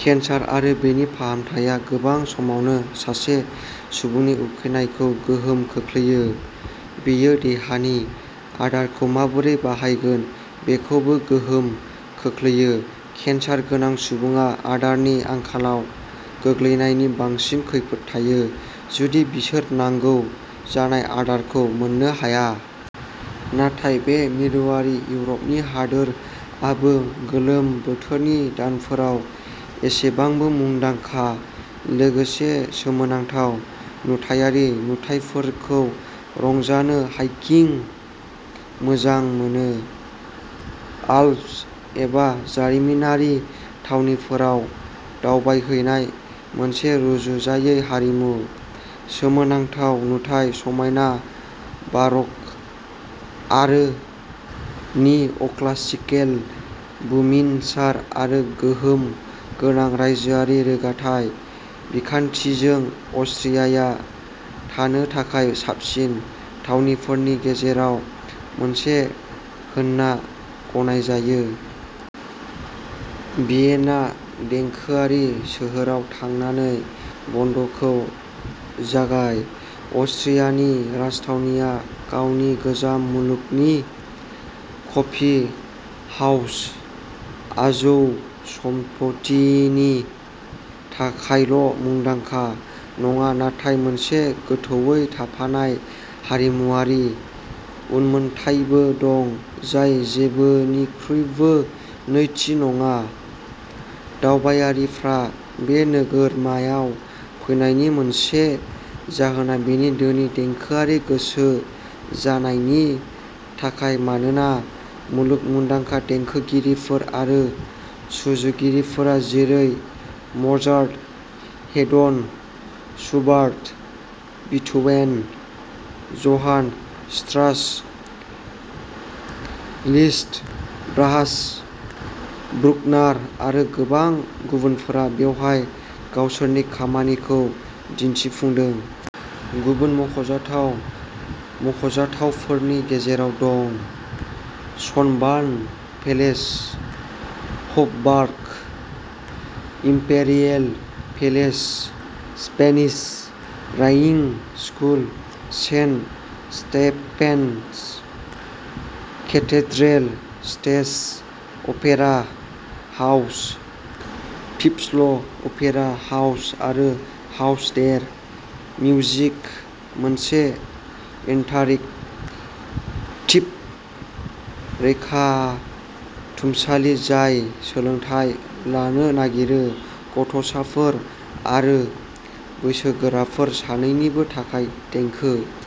Cancer आरो बेनि फाहामथाया गोबां समावनो सासे सुबुंनि उखैनायखौ गोहोम खोख्लैयो; बेयो देहानि आदारखौ माबोरै बाहायगोन बेखौबो गोहोम खोख्लैयो। केन्सार गोनां सुबुङा आदारनि आंखालाव गोग्लैनायनि बांसिन खैफोद थायो, जुदि बिसोर नांगौ जानाय आदारखौ मोननो हाया। नाथाय बे मिरुआरि इउर'पनि हादोरआबो गोलोम बोथोरनि दानफोराव एसेबांनो मुंदांखा लोगोसे सोमोनांथाव नुथायारि नुथायफोरखौ रंजानो हाइकिं मोजां मोनो। आल्प्स एबा जारिमिनारि थावनिफोराव दावबायहैनाय। मोनसे रुजुजायै हारिमु, सोमोनांथाव नुथाय, समायना बारक आरो निअक्लासिकेल बुमिनसार आरो गोहोम गोनां रायजोआरि रोगाथाइ बिखान्थिजों, अस्ट्रियाया थानो थाखाय साबसिन थावनिफोरनि गेजेराव मोनसे होनना गनायजायो। भियेना देंखोआरि सोहोराव थांनानै बन्द'खौ जागाय। अस्ट्रियानि राजथावनिया गावनि गोजाम मुलुगनि कफि हाउस आजौसमफथिनि थाखायल'मुंदांखा नङा, नाथाय मोनसे गोथौवै थाफानाय हारिमुआरि उनमोनथायबो दं जाय जेबोनिख्रुइबो नैथि नङा। दावबायारिफ्रा बे नोगोरमायाव फैनायनि मोनसे जाहोना बेनि धोनि देंखोआरि गोसो जानायनि थाखाय, मानोना मुलुग मुंदांखा देंखोगिरिफोर आरो सुजुगिरिफोरा जेरै Mozart, Haydn, Schubert, Beethoven, Johann Strauss, Liszt, Brahms, Bruckner आरो गोबां गुबुनफोरा बेवहाय गावसोरनि खामानिखौ दिन्थिफुंदों। गुबुन मख'जाथाव मख'जाथावफोरनि गेजेराव दं Schönbrunn Palace, Hofburg Imperial Palace, Spanish Riding School, Saint Stephen's Cathedral, State Opera House, People's Opera House आरो हाउस डेर मिउजिक, मोनसे इन्टारेक्टिभ रैखाथुमसालि जाय सोलोंथाय लानो नागिरो। गथ'साफोर आरो बैसोगोराफोर सानैनिबो थाखाय देंखो।